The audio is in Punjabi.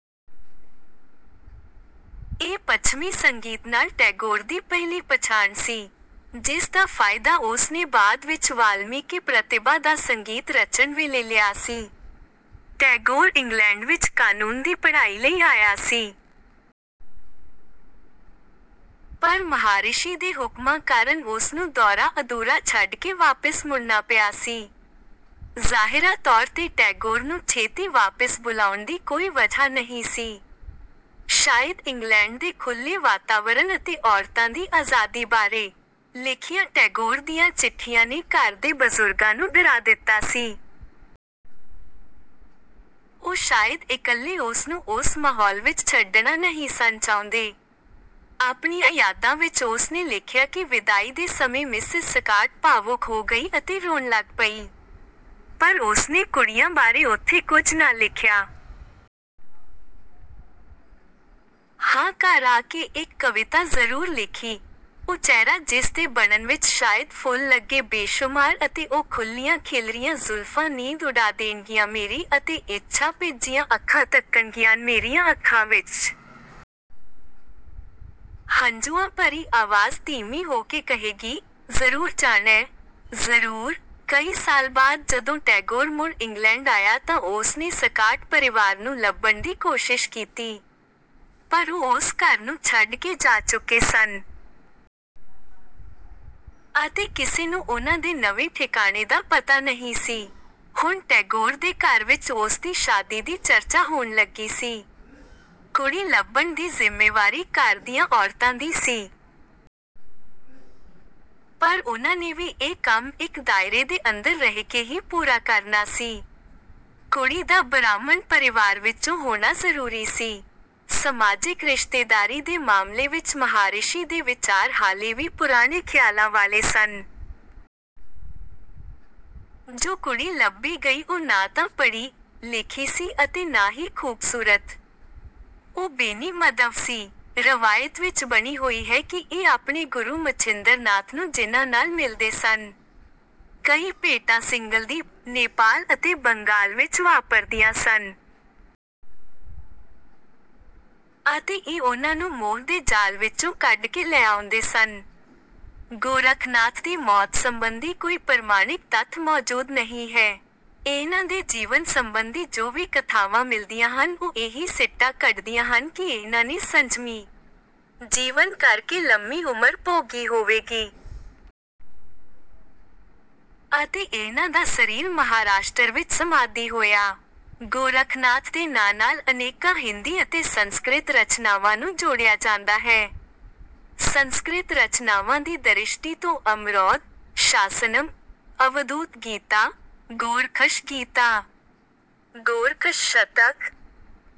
ਇਹ ਪੱਛਮੀ ਸੰਗੀਤ ਨਾਲ ਟੈਗੋਰ ਦੀ ਪਹਿਲੀ ਪਛਾਣ ਸੀ। ਜਿਸ ਦਾ ਫਾਇਦਾ ਉਸ ਨੇ ਬਾਅਦ ਵਿੱਚ ਵਾਲਮੀਕਿ ਪ੍ਰਤਿਭਾ ਦਾ ਸੰਗੀਤ ਰਚਣ ਵੇਲੇ ਲਿਆ ਸੀ। ਟੈਗੋਰ ਇੰਗਲੈਂਡ ਵਿੱਚ ਕਾਨੂੰਨ ਦੀ ਪੜ੍ਹਾਈ ਲਈ ਆਇਆ ਸੀ। ਪਰ ਮਹਾਰਿਸ਼ੀ ਦੇ ਹੁਕਮਾਂ ਕਾਰਨ ਉਸ ਨੂੰ ਦੌਰਾ ਅਧੂਰਾ ਛੱਡ ਕੇ ਵਾਪਿਸ ਮੁੜਨਾ ਪਿਆ ਸੀ। ਜ਼ਾਹਿਰਾ ਤੌਰ ਤੇ ਟੈਗੋਰ ਨੂੰ ਛੇਤੀ ਵਾਪਿਸ ਬੁਲਾਉਣ ਦੀ ਕੋਈ ਵਜ੍ਹਾ ਨਹੀਂ ਸੀ। ਸ਼ਾਇਦ ਇੰਗਲੈਂਡ ਦੇ ਖੁੱਲ੍ਹੇ ਵਾਤਾਵਰਨ ਅਤੇ ਔਰਤਾਂ ਦੀ ਆਜ਼ਾਦੀ ਬਾਰੇ ਲਿਖੀਆਂ ਟੈਗੋਰ ਦੀਆਂ ਚਿੱਠੀਆਂ ਨੇ ਘਰ ਦੇ ਬਜ਼ੁਰਗਾਂ ਨੂੰ ਡਰਾ ਦਿੱਤਾ ਸੀ। ਉਹ ਸ਼ਾਇਦ ਇਕੱਲੇ ਉਸ ਨੂੰ ਉਸ ਮਾਹੌਲ ਵਿੱਚ ਛੱਡਣਾ ਨਹੀਂ ਸਨ ਚਾਹੁੰਦੇ। ਆਪਣੀਆਂ ਯਾਦਾਂ ਵਿੱਚ ਉਸ ਨੇ ਲਿਖਿਆ ਕਿ ਵਿਦਾਈ ਦੇ ਸਮੇਂ ਮਿਸਿਜ਼ ਸਕਾਟ ਭਾਵੁਕ ਹੋ ਗਈ ਅਤੇ ਰੋਣ ਲੱਗ ਪਈ। ਪਰ ਉਸ ਨੇ ਕੁੜੀਆਂ ਬਾਰੇ ਉੱਥੇ ਕੁਝ ਨਾ ਲਿਖਿਆ। ਹਾਂ ਘਰ ਆ ਕੇ ਇੱਕ ਕਵਿਤਾ ਜ਼ਰੂਰ ਲਿਖੀ: "ਉਹ ਚਿਹਰਾ ਜਿਸ ਦੇ ਬਣਨ ਵਿੱਚ ਸ਼ਾਇਦ ਫੁੱਲ ਲੱਗੇ ਬੇਸ਼ੁਮਾਰ ਅਤੇ ਉਹ ਖੁੱਲ੍ਹੀਆਂ ਖਿਲਰੀਆਂ ਜ਼ੁਲਫ਼ਾਂ ਨੀਂਦ ਉਡਾ ਦੇਣਗੀਆਂ ਮੇਰੀ ਅਤੇ ਇੱਛਾ ਭਿੱਜੀਆਂ ਅੱਖਾਂ ਤੱਕਣਗੀਆਂ ਮੇਰੀਆਂ ਅੱਖਾਂ ਵਿੱਚ। ਹੰਝੂਆਂ ਭਰੀ ਆਵਾਜ਼ ਧੀਮੀ ਹੋ ਕੇ ਕਹੇਗੀ: ਜ਼ਰੂਰ ਜਾਣੈ? ਜ਼ਰੂਰ?" ਕਈ ਸਾਲ ਬਾਅਦ ਜਦੋਂ ਟੈਗੋਰ ਮੁੜ ਇੰਗਲੈਂਡ ਆਇਆ ਤਾਂ ਉਸ ਨੇ ਸਕਾਟ ਪਰਿਵਾਰ ਨੂੰ ਲੱਭਣ ਦੀ ਕੋਸ਼ਿਸ਼ ਕੀਤੀ। ਪਰ ਉਹ ਉਸ ਘਰ ਨੂੰ ਛੱਡ ਕੇ ਜਾ ਚੁੱਕੇ ਸਨ। ਅਤੇ ਕਿਸੇ ਨੂੰ ਉਨ੍ਹਾਂ ਦੇ ਨਵੇਂ ਠਿਕਾਣੇ ਦਾ ਪਤਾ ਨਹੀਂ ਸੀ। ਹੁਣ ਟੈਗੋਰ ਦੇ ਘਰ ਵਿੱਚ ਉਸ ਦੀ ਸ਼ਾਦੀ ਦੀ ਚਰਚਾ ਹੋਣ ਲੱਗੀ ਸੀ। ਕੁੜੀ ਲੱਭਣ ਦੀ ਜ਼ਿੰਮੇਵਾਰੀ ਘਰ ਦੀਆਂ ਔਰਤਾਂ ਦੀ ਸੀ। ਪਰ ਉਨ੍ਹਾਂ ਨੇ ਵੀ ਇਹ ਕੰਮ ਇੱਕ ਦਾਇਰੇ ਦੇ ਅੰਦਰ ਰਹਿ ਕੇ ਹੀ ਪੂਰਾ ਕਰਨਾ ਸੀ। ਕੁੜੀ ਦਾ ਬ੍ਰਾਹਮਣ ਪਰਿਵਾਰ ਵਿੱਚੋਂ ਹੋਣਾ ਜ਼ਰੂਰੀ ਸੀ। ਸਮਾਜਿਕ ਰਿਸ਼ਤੇਦਾਰੀ ਦੇ ਮਾਮਲੇ ਵਿੱਚ ਮਹਾਰਿਸ਼ੀ ਦੇ ਵਿਚਾਰ ਹਾਲੇ ਵੀ ਪੁਰਾਣੇ ਖਿਆਲਾਂ ਵਾਲੇ ਸਨ। ਜੋ ਕੁੜੀ ਲੱਭੀ ਗਈ ਉਹ ਨਾ ਤਾਂ ਪੜ੍ਹੀ-ਲਿਖੀ ਸੀ ਅਤੇ ਨਾ ਹੀ ਖੂਬਸੂਰਤ। ਉਹ ਬੇਨੀ ਮਾਧਵ ਸੀ। ਰਵਾਇਤ ਵਿੱਚ ਬਣੀ ਹੋਈ ਹੈ ਕਿ ਇਹ ਆਪਣੇ ਗੁਰੂ ਮਛਿੰਦਰਨਾਥ ਨੂੰ ਜਿਨਾਂ ਨਾਲ ਮਿਲਦੇ ਸਨ। ਕਈ ਭੇਟਾਂ ਸਿੰਘਲਦੀਪ, ਨੇਪਾਲ ਅਤੇ ਬੰਗਾਲ ਵਿੱਚ ਵਾਪਰਦੀਆਂ ਸਨ। ਅਤੇ ਇਹ ਉਨ੍ਹਾਂ ਨੂੰ ਮੋਹ ਦੇ ਜਾਲ ਵਿੱਚੋਂ ਕੱਢ ਕੇ ਲੈ ਆਉਂਦੇ ਸਨ। ਗੋਰਖਨਾਥ ਦੀ ਮੌਤ ਸੰਬੰਧੀ ਕੋਈ ਪ੍ਰਮਾਣਿਕ ਤੱਥ ਮੌਜੂਦ ਨਹੀਂ ਹੈ। ਇਨ੍ਹਾਂ ਦੇ ਜੀਵਨ ਸੰਬੰਧੀ ਜੋ ਵੀ ਕਥਾਵਾਂ ਮਿਲਦੀਆਂ ਹਨ ਉਹ ਇਹੀ ਸਿੱਟਾ ਕੱਢਦੀਆਂ ਹਨ ਕਿ ਇਨ੍ਹਾਂ ਨੇ ਸੰਜਮੀ ਜੀਵਨ ਕਰਕੇ ਲੰਮੀ ਉਮਰ ਭੋਗੀ ਹੋਵੇਗੀ। ਅਤੇ ਇਨ੍ਹਾਂ ਦਾ ਸਰੀਰ ਮਹਾਰਾਸ਼ਟਰ ਵਿੱਚ ਸਮਾਧੀ ਹੋਇਆ। ਗੋਰਖਨਾਥ ਦੇ ਨਾਂ ਨਾਲ ਅਨੇਕਾਂ ਹਿੰਦੀ ਅਤੇ ਸੰਸਕ੍ਰਿਤ ਰਚਨਾਵਾਂ ਨੂੰ ਜੋੜਿਆ ਜਾਂਦਾ ਹੈ। ਸੰਸਕ੍ਰਿਤ ਰਚਨਾਵਾਂ ਦੀ ਦ੍ਰਿਸ਼ਟੀ ਤੋਂ ਅਮਰੌਧ, ਸ਼ਾਸਨਮ, ਅਵਧੂਤ ਗੀਤਾ, ਗੋਰਖਸ਼ ਗੀਤਾ, ਗੋਰਖਸ਼ ਸ਼ਤਕ,